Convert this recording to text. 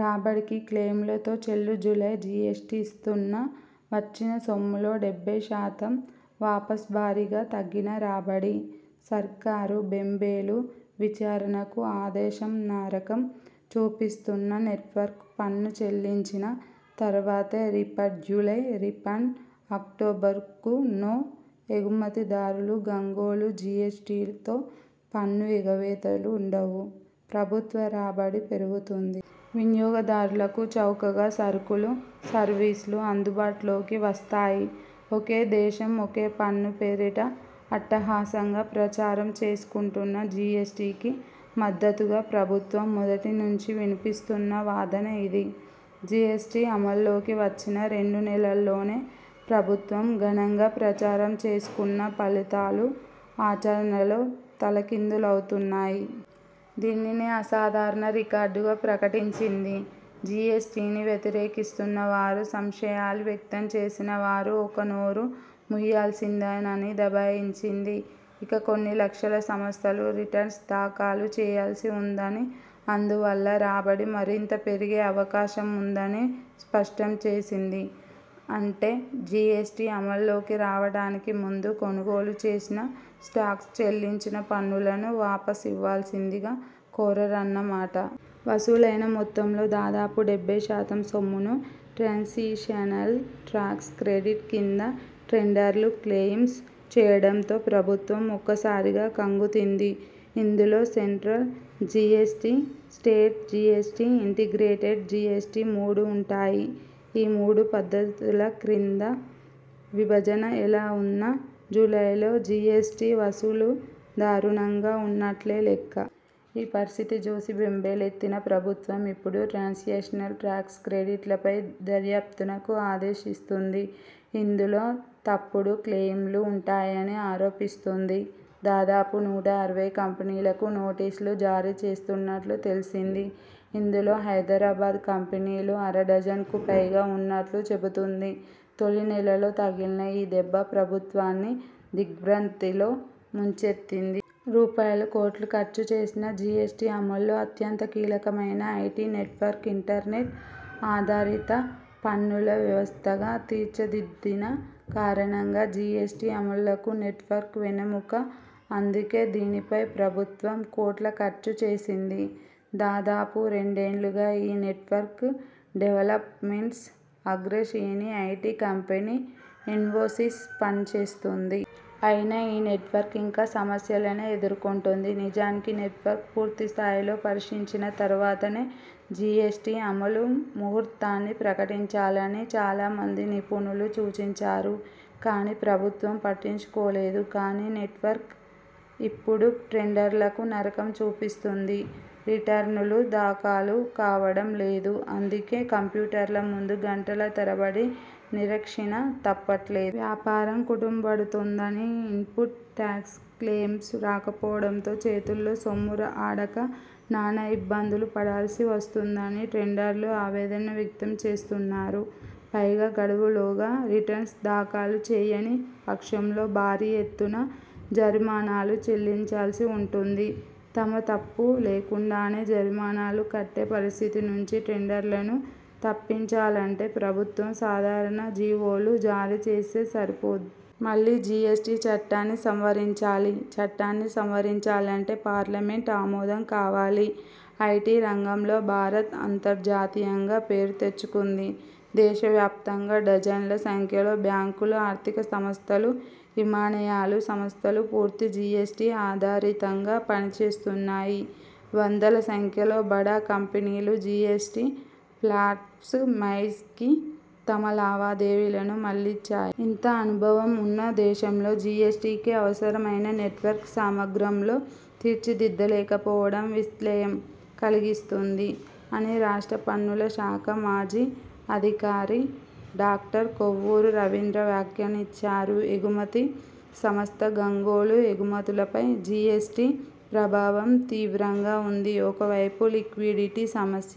రాబడికి క్లెయిములతో చెల్లుజూలై జీఎస్టీ సున్నా.. వచ్చిన సొమ్ములో డెభై శాతం వాపస్భారీగా తగ్గిన రాబడి.. సర్కారు బెంబేలు.. విచారణకు ఆదేశంనరకం చూపిస్తున్న నెట్వర్క్.. పన్ను చెల్లించిన తర్వాతే రిఫండ్జూలై రిఫండ్ అక్టోబరుకూ నో.. ఎగుమతిదారుల గగ్గోలు జీఎస్టీతో పన్ను ఎగవేతలుండవు. ప్రభుత్వ రాబడి పెరుగుతుంది. వినియోగదారులకు చౌకగా సరుకులు, సర్వీసులు అందుబాటులోకి వస్తాయి. ఒకే దేశం- ఒకే పన్ను పేరిట అట్టహాసంగా ప్రచారం చేసుకుంటున్న జీఎస్టీకి మద్దతుగా ప్రభుత్వం మొదటి నుంచీ వినిపిస్తున్న వాదన ఇది. జీఎస్టీ అమల్లోకి వచ్చిన రెండు నెలల్లోనే ప్రభుత్వం ఘనంగా ప్రచారం చేసుకున్న ఫలితాలు ఆచరణలో తలకిందులవుతున్నాయి. దీనిని అసాధారణ రికార్డుగా ప్రకటించింది. జీఎస్టీని వ్యతిరేకిస్తున్న వారు, సంశయాలు వ్యక్తం చేసిన వారు ఇక నోరు మూయాల్సిందేనని దబాయించింది. ఇంకా కొన్ని లక్షల సంస్థలు రిటర్న్స్ దాఖలు చేయాల్సి ఉందని, అందువల్ల రాబడి మరింత పెరిగే అవకాశం ఉందని స్పష్టం చేసింది. అంటే, జీఎస్టీ అమల్లోకి రావడానికి ముందు కొనుగోలు చేసిన స్టాక్స్ చెల్లించిన పన్నులను వాపస్ ఇవ్వాల్సిందిగా కోరారన్న మాట. వసూలైన మొత్తంలో దాదాపు డెభై శాతం సొమ్మును ట్రాన్సిషనల్ టాక్స్ క్రెడిట్ కింద ట్రేడర్లు క్లెయిమ్ చేయడంతో ప్రభుత్వం ఒక్కసారిగా కంగుతింది ఇందులో central GST, state GST, integrated GST మూడూ ఉంటాయి. ఈ మూడు పద్దుల కింద విభజన ఎలా ఉన్నా.. జూలైలో జీఎస్టీ వసూళ్లు దారుణంగా ఉన్నట్లే లెక్క. ఈ పరిస్థితి చూసి బెంబేలెత్తిన ప్రభుత్వం.. ఇప్పుడు ఈ ట్రాన్సిషనల్ టాక్స్ క్రెడిట్లపై దర్యాప్తునకు ఆదేశించింది. ఇందు లో తప్పుడు క్లెయిమ్లు ఉంటాయని ఆరోపిస్తోంది. దాదాపు నూట అరవై కంపెనీలకు నోటీసులు జారీ చేస్తున్నట్టు తెలిసింది ఇందులో హైదరాబాద్ కంపెనీలు అర డజనుకుపైగా ఉన్నట్టు చెబుతున్నారు. తొలి నెలలో తగిలిన ఈ దెబ్బ ప్రభుత్వాన్ని దిగ్ర్భాంతిలో ముంచెత్తింది. రూపాయలు. కోట్లు ఖర్చు చేసినా.. జీఎస్టీ అమల్లో అత్యంత కీలకమైనది ఐటీ నెట్వర్క్. ఇంటర్నెట్ ఆధారిత పన్నుల వ్యవస్థగా తీర్చిదిద్దిన కారణంగా జీఎస్టీ అమలుకు నెట్వర్కే వెన్నెముక. అందుకే దీనిపై ప్రభుత్వం కోట్లు ఖర్చు చేసింది. దాదాపు రెండేళ్లుగా ఈ నెట్వర్క్ డెవల్పమెంట్పై అగ్రశ్రేణి ఐటీ కంపెనీ ఇన్ఫోసిస్ పనిచేస్తోంది. అయినా ఈ నెట్వర్క్ ఇంకా సమస్యలనే ఎదుర్కొంటోంది. నిజానికి, నెట్వర్క్ను పూర్తిస్థాయిలో పరీక్షించిన తర్వాతనే జీఎస్టీ అమలు ముహూర్తాన్ని ప్రకటించాలని చాలామంది నిపుణులు సూచించారు. కానీ ప్రభుత్వం పట్టించుకోలేదు. కానీ, నెట్వర్క్ ఇప్పుడు ట్రెండ్డర్లకు నరకం చూపిస్తోంది. రిటర్నులు దాఖలు కావడం లేదు. అందుకు కంప్యూటర్ల ముందు గంటల తరబడి నిరీక్షణ తప్పట్లేదు. వ్యాపారం కుంటుబడుతోందని, ఇన్పుట్ టాక్స్ క్లెయిమ్లు రాకపోవడంతో చేతుల్లో సొమ్ము ఆడక నానా ఇబ్బందులు పడాల్సి వస్తోందని ట్రెండర్లు ఆవేదన వ్యక్తం చేస్తున్నారు. పైగా గడువులోగా రిటర్న్స్ దాఖలు చేయని పక్షంలో భారీ ఎత్తున జరిమానాలు చెల్లించాల్సి ఉంటుంది. తమ తప్పు లేకుండానే జరిమానాలు కట్టే పరిస్థితి నుంచి ట్రెండర్లను తప్పించాలంటే ప్రభుత్వం సాధారణ జీవోలు జారీ చేస్తే సరిపోదు. మళ్లీ జీఎస్టీ చట్టాన్ని సవరించాలి. చట్టాన్ని సవరించాలంటే పార్లమెంట్ ఆమోదం కావాలి. ''ఐటీ రంగంలో భారత్ అంతర్జాతీయంగా పేరుతెచ్చుకుంది. దేశవ్యాప్తంగా డజన్ల సంఖ్యలో బ్యాంకులు, ఆర్థిక సంస్థలు, విమానయాలు సంస్థలు పూర్తి జీఎస్టీ ఆధారితంగా పని చేస్తున్నాయి. వందల సంఖ్యలో బడా కంపెనీలు జీఎస్టీ ప్లాట్స్ మైకి తమ లావాదేవీలను మళ్లించాయి. ఇంత అనుభవం ఉన్న దేశంలో జీఎస్టీకి అవసరమైన నెట్వర్క్ను సమగ్రంలో తీర్చిదిద్దలేకపోవడం విస్లయం కలిగిస్తోంది'' అని రాష్ట్ర పన్నుల శాఖ మాజీ అధికారి డాక్టర్ కొవ్వూరు రవీంద్ర వ్యాఖ్యానించారు. ఎగుమతి సంస్థల గంగ్గోలు.. ఎగుమతులపై జీఎస్టీ ప్రభావం తీవ్రంగా ఉంది. ఒకవైపు, లిక్విడిటీ సమస్య.